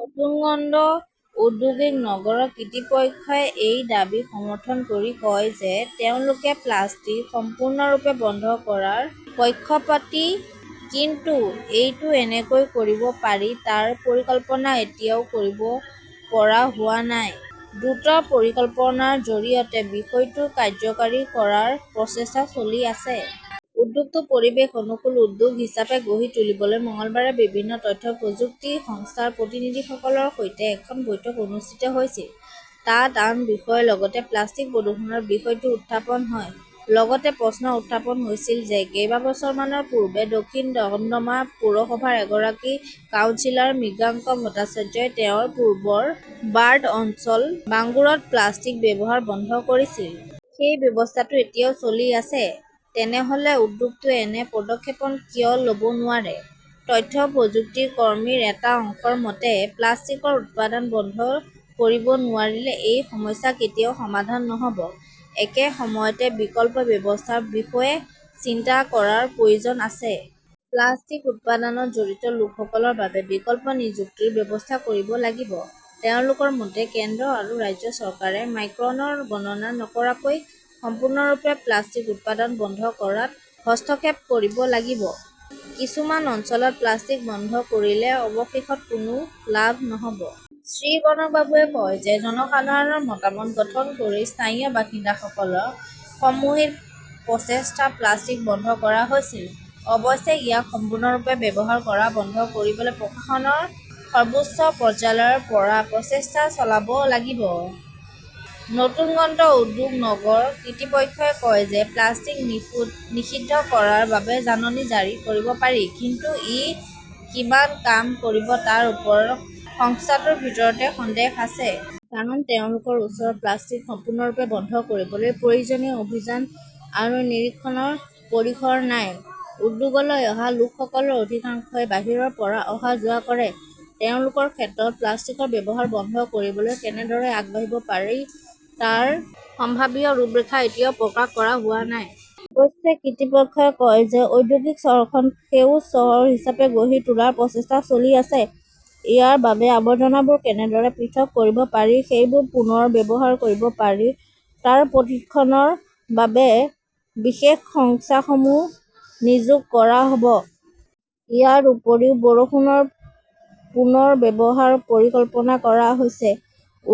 নতুনগন্ত ঔদ্যোগিক নগৰৰ কিৰ্তৃপক্ষই এই দাবী সমৰ্থন কৰি কয় যে তেওঁলোকে প্লাষ্টিক সম্পূৰ্ণৰূপে বন্ধ কৰাৰ পক্ষপাতী। কিন্তু এইটো কেনেকৈ কৰিব পাৰি তাৰ পৰিকল্পনা এতিয়াও কৰিব পৰা হোৱা নাই। দ্ৰুত পৰিকল্পনাৰ জৰিয়তে বিষয়টো কাৰ্যকাৰী কৰাৰ প্ৰচেষ্টা চলি আছে। উদ্যোগটো পৰিৱেশ অনুকূল উদ্যোগ হিচাপে গঢ়ি তুলিবলৈ মঙলবাৰে বিভিন্ন তথ্য প্ৰযুক্তি সংস্থাৰ প্ৰতিনিধিসকলৰ সৈতে এখন বৈঠক অনুষ্ঠিত হৈছিল। তাত আন বিষয়ৰ লগতে প্লাষ্টিক-প্ৰদূষণৰ বিষয়টোও উত্থাপন হয়। লগতে প্ৰশ্ন উত্থাপন হৈছিল যে, কেইবছৰমানৰ পূৰ্বে দক্ষিণ দমদমা পৌৰসভাৰ এগৰাকী কাউন্সিলৰ মৃগাংক ভট্টাচাৰ্যই তেওঁৰ পূৰ্বৰ ৱাৰ্ড অঞ্চল বাংগুৰত প্লাষ্টিকৰ ব্যৱহাৰ বন্ধ কৰিছিল। সেই ব্যৱস্থাটো এতিয়াও চলি আছে। তেনেহ'লে উদ্যোগটোৱে এনে পদক্ষেপন কিয় লব নোৱাৰে? তথ্য প্ৰযুক্তি কৰ্মীৰ এটা অংশৰ মতে, প্লাষ্টিকৰ উৎপাদন বন্ধ কৰিব নোৱাৰিলে এই সমস্যা কেতিয়াও সমাধান নহ'ব। একে সময়তে বিকল্প ব্যৱস্থাৰ বিষয়ে চিন্তা কৰাৰ প্ৰয়োজন আছে। প্লাষ্টিক উৎপাদনত জড়িত লোকসকলৰ বাবে বিকল্প নিযুক্তিৰ ব্যৱস্থা কৰিব লাগিব। তেওঁলোকৰ মতে, কেন্দ্ৰ আৰু ৰাজ্য চৰকাৰে মাইক্ৰন গণনা নকৰাকৈ সম্পূৰ্ণৰূপে প্লাষ্টিক উৎপাদন বন্ধ কৰাত হস্তক্ষেপ কৰিব লাগিব। কিছুমান অঞ্চলত প্লাষ্টিক বন্ধ কৰিলে অৱশেষত কোনো লাভ নহ'ব। শ্ৰীগংকবাবুৱে কয় যে জনসাধাৰণৰ মতামত গঠন কৰি স্থায় বাসিন্দাসকলৰ সমূহিক প্ৰচেষ্টাত প্লাষ্টিক বন্ধ কৰা হৈছিল। অৱশ্যে, ইয়াক সম্পূৰ্ণৰূপে ব্যৱহাৰ কৰা বন্ধ কৰিবলৈ প্ৰশাসনৰ সৰ্বোচ্চ পৰ্যায়ৰ পৰা প্ৰচেষ্টা চলাব লাগিব। নতুনগন্ত ঔদ্যোগিক নগৰ কিৰ্তৃপক্ষই কয় যে প্লাষ্টিক নিশু নিষিদ্ধ কৰাৰ বাবে জাননী জাৰি কৰিব পাৰি, কিন্তু এই কিমান কাম কৰিব তাৰ ওপৰত সংস্থাটোৰ ভিতৰতে সন্দেহ আছে। কাৰণ, তেওঁলোকৰ ওচৰত প্লাষ্টিক সম্পূৰ্ণৰূপে বন্ধ কৰিবলৈ প্ৰয়োজনীয় অভিযান আৰু নিৰীক্ষণৰ পৰিসৰ নাই। উদ্যোগলৈ অহা লোকসকলৰ অধিকাংশই বাহিৰৰ পৰা অহা-যোৱা কৰে। তেওঁলোকৰ ক্ষেত্ৰত প্লাষ্টিকৰ ব্যৱহাৰ বন্ধ কৰিবলৈ কেনেদৰে আগবাঢ়িব পাৰি তাৰ সম্ভাৱ্য ৰূপৰেখা এতিয়াও প্ৰকাশ কৰা হোৱা নাই। অৱশ্যে, কিৰ্তৃপক্ষই কয় যে ঔদ্যোগিক চহৰখনক সেউজ চহৰ হিচাপে গঢ়ি তোলাৰ প্ৰচেষ্টা চলি আছে। ইয়াৰ বাবে, আৱৰ্জনাবোৰ কেনেদৰে পৃথক কৰিব পাৰি, সেইবোৰ পুনৰ ব্যৱহাৰ কৰিব পাৰি তাৰ প্ৰশিক্ষণৰ বাবে বিশেষ সংস্থাসমূহ নিযোগ কৰা হ 'ব। ইয়াৰ উপৰিও বৰষুণৰ পুনৰ ব্যৱহাৰ পৰিকল্পনা কৰা হৈছে।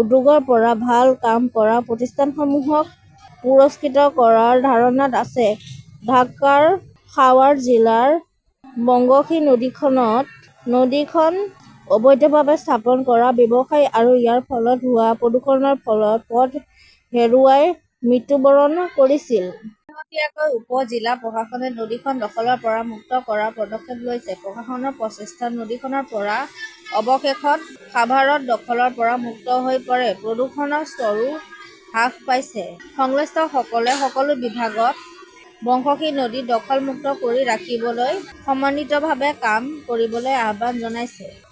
উদ্যোগৰ পৰা ভাল কাম কৰা প্ৰতিষ্ঠানসমূহক পুৰস্কৃত কৰাৰ ধাৰণাত আছে। ঢাকাৰ সাৱাৰ জিলাৰ বংগশী নদীখনত নদীখন অবৈধভাৱে স্থাপন কৰা, ব্যৱসায় আৰু ইয়াৰ ফলত হোৱা প্ৰদূষণৰ ফলত পথ হেৰুৱাই মৃত্যুবৰণ কৰিছিল। শেহতীয়াকৈ উপ-জিলা প্ৰশাসনে নদীখন দখলৰ পৰা মুক্ত কৰাৰ পদক্ষেপ লৈছিল। প্ৰশাসনৰ প্ৰচেষ্টাত নদীখনৰ পৰা অৱশেষত সাভাৰত দখলৰ পৰা মুক্ত হৈ পৰে। প্ৰদূষণৰ স্তৰো হ্ৰাস পাইছে। সংশ্লিষ্টসকলে সকলো বিভাগক বংগশী নদীক দখল-মুক্ত কৰি ৰাখিবলৈ সমন্বিতভাৱে কাম কৰিবলৈ আহ্বান জনাইছে।